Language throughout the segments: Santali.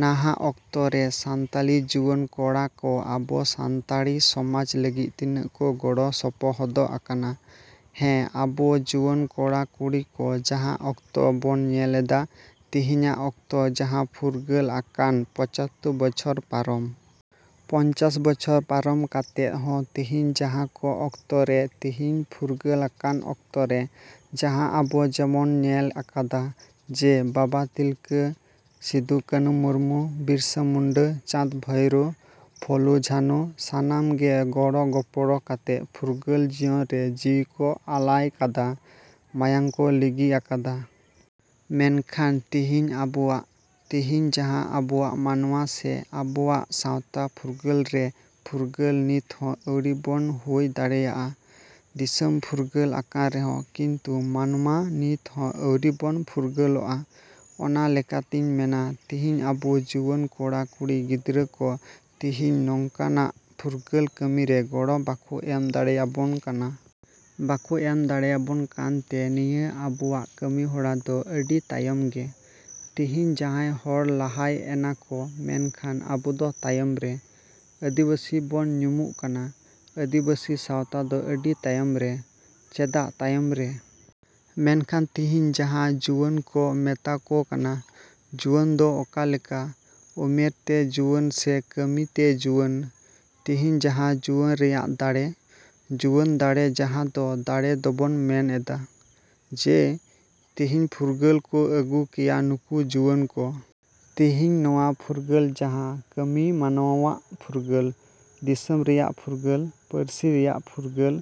‎ᱱᱟᱦᱟᱜ ᱚᱠᱛᱚ ᱨᱮ ᱥᱟᱱᱛᱟᱞᱤ ᱡᱩᱣᱟᱹᱱ ᱠᱚᱲᱟ ᱠᱚ ᱟᱵᱚ ᱥᱟᱱᱛᱟᱲᱤ ᱥᱚᱢᱟᱡᱽ ᱞᱟᱹᱜᱤᱫ ᱛᱤᱱᱟᱹᱜ ᱠᱚ ᱜᱚᱲᱚ ᱥᱚᱯᱚᱦᱚᱫᱚᱜ ᱟᱠᱟᱱᱟ? ᱦᱮᱸ, ᱟᱵᱚ ᱡᱩᱣᱟᱹᱱ ᱠᱚᱲᱟ ᱠᱩᱲᱤ ᱠᱚ ᱡᱟᱦᱟᱸ ᱚᱠᱛᱚ ᱵᱚᱱ ᱧᱮᱞᱮᱫᱟ ᱛᱤᱦᱤᱧᱟᱜ ᱚᱠᱛᱚ ᱡᱟᱦᱟᱸ ᱯᱷᱩᱨᱜᱟᱹᱞᱟᱠᱟᱱ ᱯᱚᱸᱪᱟᱛᱛᱳᱨ ᱵᱚᱪᱷᱚᱨ ᱯᱟᱨᱚᱢ, ᱯᱚᱧᱪᱟᱥ ᱵᱚᱪᱷᱚᱨ ᱯᱟᱨᱚᱢ ᱠᱟᱛᱮᱫ ᱦᱚᱸ ᱛᱤᱦᱤᱧ ᱡᱟᱦᱟᱸ ᱠᱚ ᱚᱠᱛᱚ ᱨᱮ ᱛᱤᱦᱤᱧ ᱯᱷᱩᱨᱜᱟᱹᱞᱟᱠᱟᱱ ᱚᱠᱛᱚ ᱨᱮ ᱡᱟᱦᱟᱸ ᱟᱵᱚ ᱡᱮᱵᱚᱱ ᱧᱮᱞᱟᱠᱟᱫᱟ ᱡᱮ, ᱵᱟᱵᱟ ᱛᱤᱞᱠᱟᱹ, ᱥᱤᱫᱩ ᱠᱟᱱᱩ ᱢᱩᱨᱢᱩ, ᱵᱤᱨᱥᱟᱹ ᱢᱩᱱᱰᱟᱹ, ᱪᱟᱸᱫ ᱵᱷᱟᱭᱨᱳ, ᱯᱷᱩᱞᱳ ᱡᱷᱟᱱᱳ, ᱥᱟᱱᱟᱢ ᱜᱮ ᱜᱚᱲᱚᱜᱚᱯᱚᱲᱚ ᱠᱟᱛᱮ ᱯᱷᱩᱨᱜᱟᱹᱞ ᱡᱤᱭᱚᱱ ᱨᱮ ᱡᱤᱣᱤ ᱠᱚ ᱟᱞᱟᱭ ᱠᱟᱫᱟ, ᱢᱟᱭᱟᱝ ᱠᱚ ᱞᱤᱸᱜᱤ ᱟᱠᱟᱫᱟ᱾ ᱢᱮᱱᱠᱷᱟᱱ ᱛᱤᱦᱤᱧ ᱟᱵᱚᱣᱟᱜ, ᱛᱤᱦᱤᱧ ᱡᱟᱦᱟᱸ ᱟᱵᱚᱣᱟᱜ ᱢᱟᱱᱣᱟ ᱥᱮ ᱟᱵᱚᱣᱟᱜ ᱥᱟᱶᱛᱟ ᱯᱷᱩᱨᱜᱟᱹᱞ ᱨᱮ ᱯᱷᱩᱨᱜᱟᱹᱞ ᱱᱤᱛ ᱦᱚᱸ ᱟᱹᱣᱨᱤ ᱵᱚᱱ ᱦᱩᱭ ᱫᱟᱲᱮᱭᱟᱜᱼᱟ᱾ ᱫᱤᱥᱚᱢ ᱯᱷᱩᱨᱜᱟᱹᱞ ᱟᱠᱟᱱ ᱨᱮᱦᱚᱸ ᱠᱤᱱᱛᱩ ᱢᱟᱱᱣᱟ ᱱᱤᱛ ᱦᱚᱸ ᱟᱣᱨᱤ ᱵᱚᱱ ᱯᱷᱩᱨᱜᱟᱹᱞᱚᱜᱼᱟ᱾ ᱚᱱᱟ ᱞᱮᱠᱟᱛᱤᱧ ᱢᱮᱱᱟ ᱛᱤᱦᱤᱧ ᱟᱵᱚ ᱡᱩᱣᱟᱹᱱ ᱠᱚᱲᱟ ᱠᱩᱲᱤ ᱜᱤᱫᱽᱨᱟᱹ ᱠᱚ ᱛᱤᱦᱤᱧ ᱱᱚᱝᱠᱟᱱᱟᱜ ᱯᱷᱩᱨᱜᱟᱹᱞ ᱠᱟᱹᱢᱤ ᱨᱮ ᱜᱚᱲᱚ ᱵᱟᱠᱚ ᱮᱢ ᱫᱟᱲᱮᱭᱟᱵᱚᱱ ᱠᱟᱱᱟ᱾ ᱵᱟᱠᱚ ᱮᱢ ᱫᱟᱲᱮᱭᱟᱵᱚᱱ ᱠᱟᱱᱛᱮ ᱱᱤᱭᱟᱹ ᱟᱵᱚᱣᱟᱜ ᱠᱟᱹᱢᱤᱦᱚᱨᱟ ᱫᱚ ᱟᱹᱰᱤ ᱛᱟᱭᱚᱢ ᱜᱮ᱾ ᱛᱤᱦᱤᱧ ᱡᱟᱦᱟᱸᱭ ᱦᱚᱲ ᱞᱟᱦᱟᱭ ᱮᱱᱟᱠᱚ ᱢᱮᱱᱠᱟᱷᱟᱱ ᱟᱵᱚ ᱫᱚ ᱛᱟᱭᱚᱢ ᱨᱮ᱾ ᱟᱹᱫᱤᱵᱟᱹᱥᱤ ᱵᱚᱱ ᱧᱩᱢᱩᱜ ᱠᱟᱱᱟ, ᱟᱹᱫᱤᱵᱟᱹᱥᱤ ᱥᱟᱶᱛᱟ ᱫᱚ ᱟᱹᱰᱤ ᱛᱟᱭᱚᱢ ᱨᱮ᱾ ᱪᱮᱫᱟᱜ ᱛᱟᱭᱚᱢ ᱨᱮ? ᱢᱮᱱᱠᱷᱟᱱ ᱛᱤᱦᱤᱧ ᱡᱟᱦᱟᱸ ᱡᱩᱣᱟᱹᱱ ᱠᱚ ᱢᱮᱛᱟ ᱠᱚ ᱠᱟᱱᱟ, ᱡᱩᱣᱟᱹᱱ ᱫᱚ ᱚᱠᱟᱞᱮᱠᱟ, ᱩᱢᱮᱨ ᱛᱮ ᱡᱩᱣᱟᱹᱱ ᱥᱮ ᱠᱟᱹᱢᱤ ᱛᱮ ᱡᱩᱣᱟᱹᱱ? ᱛᱤᱦᱤᱧ ᱡᱟᱦᱟᱸ ᱡᱩᱣᱟᱹᱱ ᱨᱮᱭᱟᱜ ᱫᱟᱲᱮ, ᱡᱩᱣᱟᱹᱱ ᱫᱟᱲᱮ ᱡᱟᱦᱟᱸ ᱫᱚ ᱫᱟᱲᱮ ᱫᱚᱵᱚᱱ ᱢᱮᱱᱮᱫᱟ᱾ ᱡᱮ, ᱛᱤᱦᱤᱧ ᱯᱷᱩᱨᱜᱟᱹᱞ ᱠᱚ ᱟᱹᱜᱩ ᱠᱮᱭᱟ ᱱᱩᱠᱩ ᱡᱩᱣᱟᱹᱱ ᱠᱚ᱾ ᱛᱤᱦᱤᱧ ᱱᱚᱣᱟ ᱯᱷᱩᱨᱜᱟᱹᱞ ᱡᱟᱦᱟᱸ ᱠᱟᱹᱢᱤ ᱢᱟᱱᱣᱟᱣᱟᱜ ᱯᱷᱩᱨᱜᱟᱹᱞ, ᱫᱤᱥᱚᱢ ᱨᱮᱱᱟᱜ ᱯᱷᱩᱨᱜᱟᱹᱞ, ᱯᱟᱹᱨᱥᱤ ᱨᱮᱭᱟᱜ ᱯᱷᱩᱨᱜᱟᱹᱞ,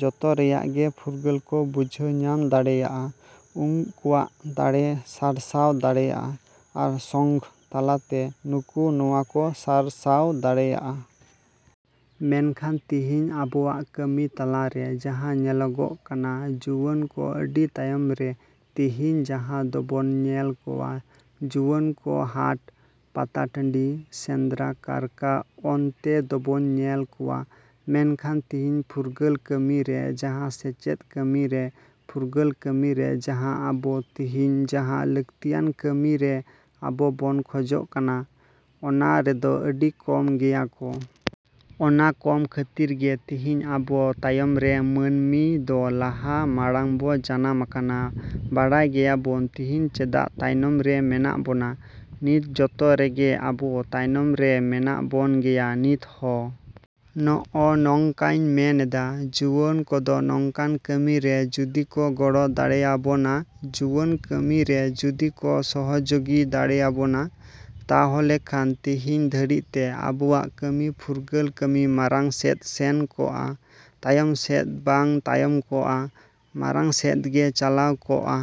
ᱡᱚᱛᱚ ᱨᱮᱭᱟᱜ ᱜᱮ ᱯᱷᱩᱨᱜᱟᱹᱞ ᱠᱚ ᱵᱩᱡᱷᱟᱹᱣ ᱧᱟᱢ ᱫᱟᱲᱮᱭᱟᱜᱼᱟ᱾ ᱩᱝᱠᱩᱣᱟᱜ ᱫᱟᱲᱮ ᱥᱟᱨᱥᱟᱣ ᱫᱟᱲᱮᱭᱟᱜᱼᱟ᱾ ᱟᱨ ᱥᱚᱝᱜᱽ ᱛᱟᱞᱟᱛᱮ ᱱᱩᱠᱩ ᱱᱚᱣᱟ ᱠᱚ ᱥᱟᱨᱥᱟᱣ ᱫᱟᱲᱮᱭᱟᱜᱼᱟ᱾ ᱢᱮᱱᱠᱷᱟᱱ ᱛᱤᱦᱤᱧ ᱟᱵᱚᱣᱟᱜ ᱠᱟᱹᱢᱤ ᱛᱟᱞᱟ ᱨᱮ ᱡᱟᱦᱟᱸ ᱧᱮᱞᱚᱜᱚᱜ ᱠᱟᱱᱟ ᱡᱩᱣᱟᱹᱱ ᱠᱚ ᱟᱹᱰᱤ ᱛᱟᱭᱚᱢ ᱨᱮ ᱛᱤᱦᱤᱧ ᱡᱟᱦᱟᱸ ᱫᱚᱵᱚᱱ ᱧᱮᱞ ᱠᱚᱣᱟ ᱡᱩᱣᱟᱹᱱ ᱠᱚ ᱦᱟᱴ, ᱯᱟᱛᱟ ᱴᱟᱺᱰᱤ, ᱥᱮᱸᱫᱽᱨᱟ, ᱠᱟᱨᱠᱟ ᱚᱱᱛᱮ ᱫᱚᱵᱚᱱ ᱧᱮᱞ ᱠᱚᱣᱟ ᱢᱮᱱᱠᱷᱟᱱ ᱛᱤᱦᱤᱧ ᱯᱷᱩᱨᱜᱟᱹᱞ ᱠᱟᱹᱢᱤ ᱨᱮ ᱡᱟᱦᱟᱸ ᱥᱮᱪᱮᱫ ᱠᱟᱹᱢᱤ ᱨᱮ ᱯᱷᱩᱨᱜᱟᱹᱞ ᱠᱟᱹᱢᱤ ᱨᱮ ᱡᱟᱦᱟᱸ ᱟᱵᱚ ᱛᱤᱦᱤᱧ ᱡᱟᱦᱟᱸ ᱞᱟᱹᱠᱛᱤᱭᱟᱱ ᱠᱟᱹᱢᱤ ᱨᱮ ᱟᱵᱚ ᱵᱚᱱ ᱠᱷᱚᱡᱚᱜ ᱠᱟᱱᱟ, ᱚᱱᱟ ᱨᱮᱫᱚ ᱟᱹᱰᱤ ᱠᱚᱢ ᱜᱮᱭᱟ ᱠᱚ᱾ ᱚᱱᱟ ᱠᱚᱢ ᱠᱷᱟᱹᱛᱤᱨ ᱜᱮ ᱛᱤᱦᱤᱧ ᱟᱵᱚ ᱛᱟᱭᱚᱢ ᱨᱮ ᱢᱟ.ᱱᱢᱤ ᱫᱚ ᱞᱟᱦᱟ ᱢᱟᱲᱟᱝ ᱵᱚ ᱡᱟᱱᱟᱢ ᱟᱠᱟᱱᱟ ᱵᱟᱲᱟᱭ ᱜᱮᱭᱟ ᱵᱚᱱ ᱛᱤᱦᱤᱧ ᱪᱮᱫᱟᱜ ᱛᱟᱭᱚᱢ ᱨᱮ ᱢᱮᱱᱟᱜ ᱵᱚᱱᱟ? ᱱᱤᱛ ᱡᱚᱛᱚ ᱨᱮᱜᱮ ᱟᱵᱚ ᱛᱟᱭᱚᱢ ᱨᱮ ᱢᱮᱱᱟᱜ ᱵᱚᱱ ᱜᱮᱭᱟ ᱱᱤᱛ ᱦᱚ᱾ ᱱᱚᱜᱼᱚ ᱱᱚᱝᱠᱟᱧ ᱢᱮᱱᱮᱫᱟ ᱡᱩᱣᱟᱹᱱ ᱠᱚᱫᱚ ᱱᱚᱝᱠᱟᱱ ᱠᱟᱹᱢᱤ ᱨᱮ ᱡᱩᱫᱤ ᱠᱚ ᱜᱚᱲᱚ ᱫᱟᱲᱮᱭᱟᱵᱚᱱᱟ ᱡᱩᱣᱟᱹᱱ ᱠᱟᱹᱢᱤ ᱨᱮ ᱡᱩᱫᱤ ᱠᱚ ᱥᱚᱦᱚᱡᱳᱜᱤ ᱫᱟᱲᱮᱭᱟᱵᱚᱱᱟ, ᱛᱟᱦᱚᱞᱮ ᱠᱷᱟᱱ ᱛᱤᱦᱤᱧ ᱫᱷᱟᱹᱨᱤᱡ ᱛᱮ ᱟᱵᱚᱣᱟᱜ ᱠᱟᱹᱢᱤ ᱯᱷᱩᱨᱜᱟᱹᱞ ᱠᱟᱹᱢᱤ ᱢᱟᱲᱟᱝ ᱥᱮᱫ ᱥᱮᱱ ᱠᱚᱜ ᱟ ᱛᱟᱭᱚᱢ ᱥᱮᱫ ᱵᱟᱝ ᱛᱟᱭᱚᱢ ᱠᱚᱜᱼᱟ, ᱢᱟᱲᱟᱝ ᱥᱮᱫ ᱜᱮ ᱪᱟᱞᱟᱣ ᱠᱚᱜᱼᱟ᱾